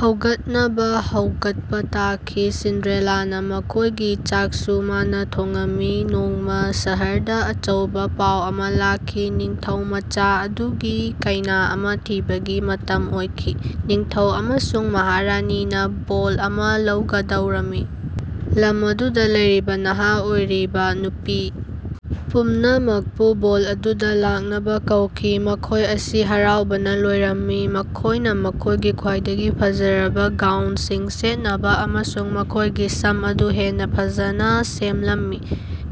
ꯍꯧꯒꯠꯅꯕ ꯍꯧꯒꯠꯄ ꯇꯥꯈꯤ꯫ ꯁꯤꯟꯗ꯭ꯔꯦꯂꯥꯅ ꯃꯈꯣꯏꯒꯤ ꯆꯥꯛꯁꯨ ꯃꯥꯅ ꯊꯣꯉꯝꯃꯤ꯫ ꯅꯣꯡꯃ ꯁꯍꯔꯗ ꯑꯆꯧꯕ ꯄꯥꯎ ꯑꯃ ꯂꯥꯛꯈꯤ꯫ ꯅꯤꯡꯊꯧꯃꯆꯥ ꯑꯗꯨꯒꯤ ꯀꯩꯅꯥ ꯑꯃ ꯊꯤꯕꯒꯤ ꯃꯇꯝ ꯑꯣꯏꯈꯤ꯫ ꯅꯤꯡꯊꯧ ꯑꯃꯁꯨꯡ ꯃꯍꯥꯔꯥꯅꯤꯅ ꯕꯣꯜ ꯑꯃ ꯂꯧꯒꯗꯧꯔꯝꯃꯤ꯫ ꯂꯝ ꯑꯗꯨꯗ ꯂꯩꯔꯤꯕ ꯅꯍꯥ ꯑꯣꯏꯔꯤꯕ ꯅꯨꯄꯤ ꯄꯨꯝꯅꯃꯛꯄꯨ ꯕꯣꯜ ꯑꯗꯨꯗ ꯂꯥꯛꯅꯕ ꯀꯧꯈꯤ꯫ ꯃꯈꯣꯏ ꯑꯁꯤ ꯍꯔꯥꯎꯕꯅ ꯂꯣꯏꯔꯝꯃꯤ꯫ ꯃꯈꯣꯏꯅ ꯃꯈꯣꯏꯒꯤ ꯈ꯭ꯋꯥꯏꯗꯒꯤ ꯐꯖꯔꯕ ꯒꯥꯎꯟꯁꯤꯡ ꯁꯦꯠꯅꯕ ꯑꯃꯁꯨꯡ ꯃꯈꯣꯏꯒꯤ ꯁꯝ ꯑꯗꯨ ꯍꯦꯟꯅ ꯐꯖꯅ ꯁꯦꯝꯂꯝꯃꯤ꯫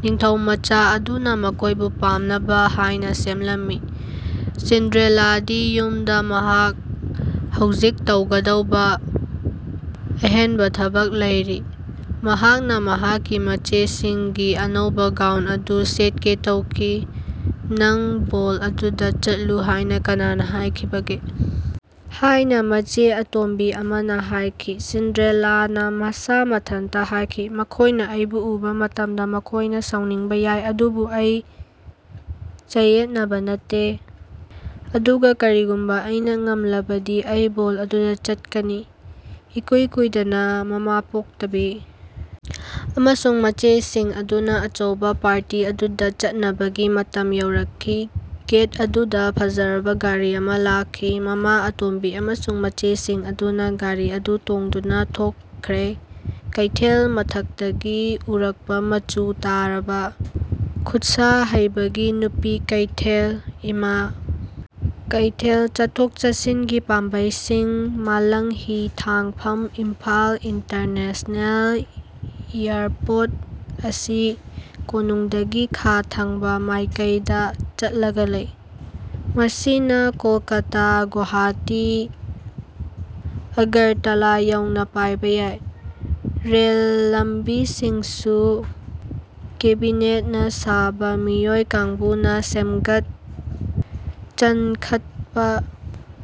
ꯅꯤꯡꯊꯧꯃꯆꯥ ꯑꯗꯨꯅ ꯃꯈꯣꯏꯕꯨ ꯄꯥꯝꯅꯕ ꯍꯥꯏꯅ ꯁꯦꯝꯂꯝꯃꯤ꯫ ꯁꯤꯟꯗ꯭ꯔꯦꯂꯥꯗꯤ ꯌꯨꯝꯗ ꯃꯍꯥꯛ ꯍꯧꯖꯤꯛ ꯇꯧꯒꯗꯕ ꯑꯍꯦꯟꯕ ꯊꯕꯛ ꯂꯩꯔꯤ꯫ ꯃꯍꯥꯛꯅ ꯃꯍꯥꯛꯀꯤ ꯃꯆꯦꯁꯤꯡꯒꯤ ꯑꯅꯧꯕ ꯒꯥꯎꯟ ꯑꯗꯨ ꯁꯦꯠꯀꯦ ꯇꯧꯈꯤ꯫ "ꯅꯪ ꯕꯣꯜ ꯑꯗꯨꯗ ꯆꯠꯂꯨ ꯍꯥꯏꯅ ꯀꯅꯥꯅ ꯍꯥꯏꯈꯤꯕꯒꯦ? " ꯍꯥꯏꯅ ꯃꯆꯦ ꯑꯇꯣꯝꯕꯤ ꯑꯃꯅ ꯍꯥꯏꯈꯤ꯫ ꯁꯤꯟꯗ꯭ꯔꯦꯂꯥꯅ ꯃꯁꯥ ꯃꯊꯟꯇ ꯍꯥꯏꯈꯤ, "ꯃꯈꯣꯏꯅ ꯑꯩꯕꯨ ꯎꯕ ꯃꯇꯝꯗ ꯃꯈꯣꯏꯅ ꯁꯥꯎꯅꯤꯡꯕ ꯌꯥꯏ, ꯑꯗꯨꯕꯨ ꯑꯩ ꯆꯌꯦꯠꯅꯕ ꯅꯠꯇꯦ꯫ ꯑꯗꯨꯒ ꯀꯔꯤꯒꯨꯝꯕ ꯑꯩꯅ ꯉꯝꯂꯕꯗꯤ ꯑꯩ ꯕꯣꯜ ꯑꯗꯨꯗ ꯆꯠꯀꯅꯤ꯫" ꯏꯀꯨꯏ ꯀꯨꯏꯗꯅ ꯃꯃꯥ ꯄꯣꯛꯇꯕꯤ ꯑꯃꯁꯨꯡ ꯃꯆꯦꯁꯤꯡ ꯑꯗꯨꯅ ꯑꯆꯧꯕ ꯄꯥꯔꯇꯤ ꯑꯗꯨꯗ ꯆꯠꯅꯕꯒꯤ ꯃꯇꯝ ꯌꯧꯔꯛꯈꯤ꯫ ꯒꯦꯠ ꯑꯗꯨꯗ ꯐꯖꯔꯕ ꯒꯥꯔꯤ ꯑꯃ ꯂꯥꯛꯈꯤ꯫ ꯃꯃꯥ ꯑꯇꯣꯝꯕꯤ ꯑꯃꯁꯨꯡ ꯃꯆꯦꯁꯤꯡ ꯑꯗꯨꯅ ꯒꯥꯔꯤ ꯑꯗꯨ ꯇꯣꯡꯗꯨꯅ ꯊꯣꯛꯈ꯭ꯔꯦ꯫ ꯀꯩꯊꯦꯜ ꯃꯊꯛꯇꯒꯤ ꯎꯔꯛꯄ ꯃꯆꯨ ꯇꯥꯔꯕ ꯈꯨꯠꯁꯥꯍꯩꯕꯒꯤ ꯅꯨꯄꯤ ꯀꯩꯊꯦꯜ (ꯏꯃꯥ ꯀꯩꯊꯦꯜ), ꯆꯠꯊꯣꯛ ꯆꯠꯁꯤꯟꯒꯤ ꯄꯥꯝꯕꯩꯁꯤꯡ ꯃꯥꯂꯪꯍꯤꯊꯥꯡꯐꯝ ꯏꯝꯐꯥꯜ ꯏꯟꯇꯔꯅꯦꯁꯅꯦꯜ ꯏꯌꯥꯔꯄꯣꯔꯠ ꯑꯁꯤ ꯀꯣꯅꯨꯡꯗꯒꯤ ꯈꯥ ꯊꯪꯕ ꯃꯥꯏꯀꯩꯗ ꯆꯠꯂꯒ ꯂꯩ꯫ ꯃꯁꯤꯅ ꯀꯣꯜꯀꯇꯥ, ꯒꯨꯋꯥꯍꯥꯇꯤ, ꯑꯒꯔꯇꯥꯂꯥ ꯌꯧꯅ ꯄꯥꯏꯕ ꯌꯥꯏ꯫ ꯔꯦꯜ ꯂꯝꯕꯤꯁꯤꯡꯁꯨ ꯀꯦꯕꯤꯅꯦꯠꯅ ꯁꯥꯕ ꯃꯤꯑꯣꯏ ꯀꯥꯡꯕꯨꯅ ꯁꯦꯝꯒꯠ ꯆꯟꯈꯠꯄ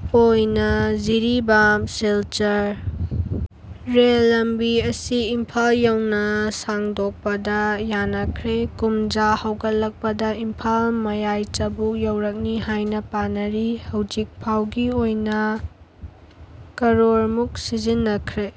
ꯑꯣꯏꯅ ꯖꯤꯔꯤꯕꯥꯝ ꯁꯤꯜꯆꯔ ꯔꯦꯜ ꯂꯝꯕꯤ ꯑꯁꯤ ꯏꯝꯐꯥꯜ ꯌꯧꯅ ꯁꯥꯡꯗꯣꯛꯄꯗ ꯌꯥꯅꯈ꯭ꯔꯦ꯫ ꯀꯨꯝꯖ ꯍꯧꯒꯠꯂꯛꯄꯗ ꯏꯝꯐꯥꯜ ꯃꯌꯥꯏꯆꯕꯨꯛ ꯌꯧꯔꯛꯅꯤ ꯍꯥꯏꯅ ꯄꯥꯅꯔꯤ꯫ ꯍꯧꯖꯤꯛꯐꯥꯎꯒꯤ ꯑꯣꯏꯅ ꯀꯔꯣꯔ ꯃꯨꯛ ꯁꯤꯖꯤꯟꯅꯈ꯭ꯔꯦ꯫